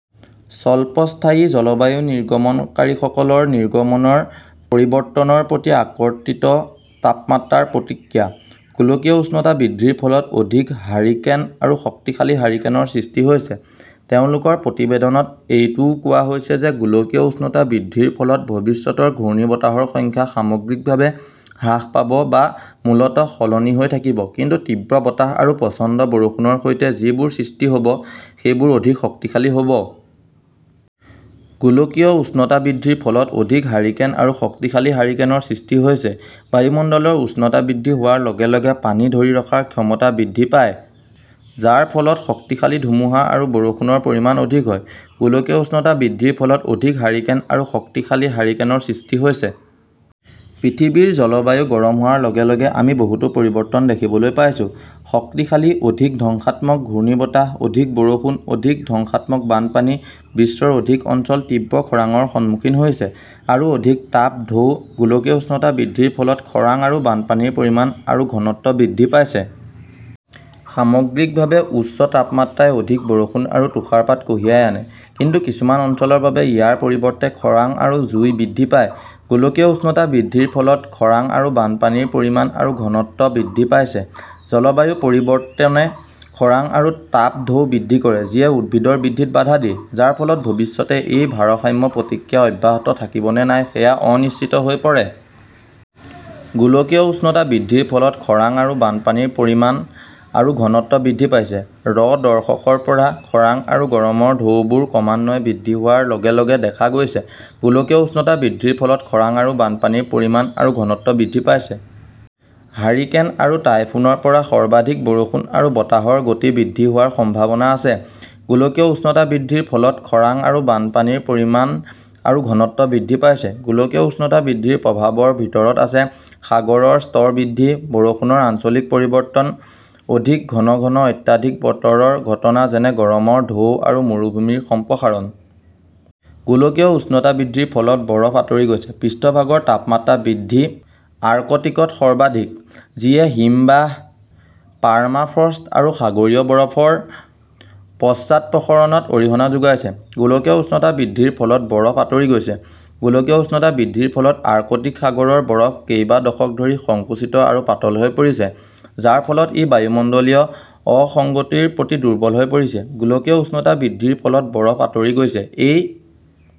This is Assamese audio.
"স্বল্পস্থায়ী জলবায়ু নিৰ্গমনকাৰীসকলৰ নিৰ্গমনৰ পৰিৱৰ্তনৰ প্ৰতি আৰ্কটিক তাপমাত্ৰাৰ প্ৰতিক্ৰিয়া। "। গোলকীয় উষ্ণতা বৃদ্ধিৰ ফলত অধিক হাৰিকেন আৰু শক্তিশালী হাৰিকেনৰ সৃষ্টি হৈছে। তেওঁলোকৰ প্ৰতিবেদনত এইটোও কোৱা হৈছে যে গোলকীয় উষ্ণতা বৃদ্ধিৰ ফলত ভৱিষ্যতৰ ঘূৰ্ণীবতাহৰ সংখ্যা সামগ্ৰিকভাৱে "হ্ৰাস পাব বা মূলতঃ সলনি হৈ থাকিব", কিন্তু তীব্ৰ বতাহ আৰু প্ৰচণ্ড বৰষুণৰ সৈতে যিবোৰ সৃষ্টি হ "ব সেইবোৰ অধিক শক্তিশালী হ" ব। গোলকীয় উষ্ণতা বৃদ্ধিৰ ফলত অধিক হাৰিকেন আৰু শক্তিশালী হাৰিকেনৰ সৃষ্টি হৈছে। বায়ুমণ্ডলৰ উষ্ণতা বৃদ্ধি হোৱাৰ লগে লগে পানী ধৰি ৰখাৰ ক্ষমতা বৃদ্ধি পায়, যাৰ ফলত শক্তিশালী ধুমুহা আৰু বৰষুণৰ পৰিমাণ অধিক হয়। গোলকীয় উষ্ণতা বৃদ্ধিৰ ফলত অধিক হাৰিকেন আৰু শক্তিশালী হাৰিকেনৰ সৃষ্টি হৈছে। পৃথিৱীৰ জলবায়ু গৰম হোৱাৰ লগে লগে আমি বহুতো পৰিৱৰ্তন দেখিবলৈ পাইছোঁঃ শক্তিশালী, অধিক ধ্বংসাত্মক ঘূৰ্ণীবতাহ; অধিক বৰষুণ; অধিক ধ্বংসাত্মক বানপানী; বিশ্বৰ অধিক অঞ্চল তীব্ৰ খৰাংৰ সন্মুখীন হৈছে; আৰু অধিক তাপ ঢৌ। গোলকীয় উষ্ণতা বৃদ্ধিৰ ফলত খৰাং আৰু বানপানীৰ পৰিমাণ আৰু ঘনত্ব বৃদ্ধি পাইছে। সামগ্ৰিকভাৱে, উচ্চ তাপমাত্ৰাই অধিক বৰষুণ আৰু তুষাৰপাত কঢ়িয়াই আনে, কিন্তু কিছুমান অঞ্চলৰ বাবে ইয়াৰ পৰিৱৰ্তে খৰাং আৰু জুই বৃদ্ধি পায়। গোলকীয় উষ্ণতা বৃদ্ধিৰ ফলত খৰাং আৰু বানপানীৰ পৰিমাণ আৰু ঘনত্ব বৃদ্ধি পাইছে। জলবায়ু পৰিৱৰ্তনে খৰাং আৰু তাপ ঢৌ বৃদ্ধি কৰে যিয়ে উদ্ভিদৰ বৃদ্ধিত বাধা দিয়ে, যাৰ ফলত ভৱিষ্যতে এই ভাৰসাম্য প্ৰতিক্ৰিয়া অব্যাহত থাকিব নে নাই সেয়া অনিশ্চিত হৈ পৰে। গোলকীয় উষ্ণতা বৃদ্ধিৰ ফলত খৰাং আৰু বানপানীৰ পৰিমাণ আৰু ঘনত্ব বৃদ্ধি পাইছে। -ৰ দশকৰ পৰা, খৰাং আৰু গৰমৰ ঢৌবোৰ ক্ৰমান্বয়ে বৃদ্ধি হোৱাৰ লগে লগে দেখা গৈছে। গোলকীয় উষ্ণতা বৃদ্ধিৰ ফলত খৰাং আৰু বানপানীৰ পৰিমাণ আৰু ঘনত্ব বৃদ্ধি পাইছে। হাৰিকেন আৰু টাইফুনৰ পৰা সৰ্বাধিক বৰষুণ আৰু বতাহৰ গতি বৃদ্ধি হোৱাৰ সম্ভাৱনা আছে। গোলকীয় উষ্ণতা বৃদ্ধিৰ ফলত খৰাং আৰু বানপানীৰ পৰিমাণ আৰু ঘনত্ব বৃদ্ধি পাইছে। গোলকীয় উষ্ণতা বৃদ্ধিৰ প্ৰভাৱৰ ভিতৰত আছে সাগৰৰ স্তৰ বৃদ্ধি, বৰষুণৰ আঞ্চলিক পৰিৱৰ্তন, অধিক ঘন ঘন অত্যাধিক বতৰৰ ঘটনা যেনে গৰমৰ ঢৌ, আৰু মৰুভূমিৰ সম্প্ৰসাৰণ। গোলকীয় উষ্ণতা বৃদ্ধিৰ ফলত বৰফ আঁতৰি গৈছে। পৃষ্ঠভাগৰ তাপমাত্ৰা বৃদ্ধি আৰ্কটিকত সৰ্বাধিক, যিয়ে হিমবাহ, পাৰ্মাফ্ৰষ্ট আৰু সাগৰীয় বৰফৰ পশ্চাদপসৰণত অৰিহণা যোগাইছে। গোলকীয় উষ্ণতা বৃদ্ধিৰ ফলত বৰফ আঁতৰি গৈছে। গোলকীয় উষ্ণতা বৃদ্ধিৰ ফলত আৰ্কটিক সাগৰৰ বৰফ কেইবা দশক ধৰি সংকুচিত আৰু পাতল হৈ পৰিছে, যাৰ ফলত ই বায়ুমণ্ডলীয় অসঙ্গতিৰ প্ৰতি দুৰ্বল হৈ পৰিছে। গোলকীয় উষ্ণতা বৃদ্ধিৰ ফলত বৰফ আঁতৰি গৈছে। এই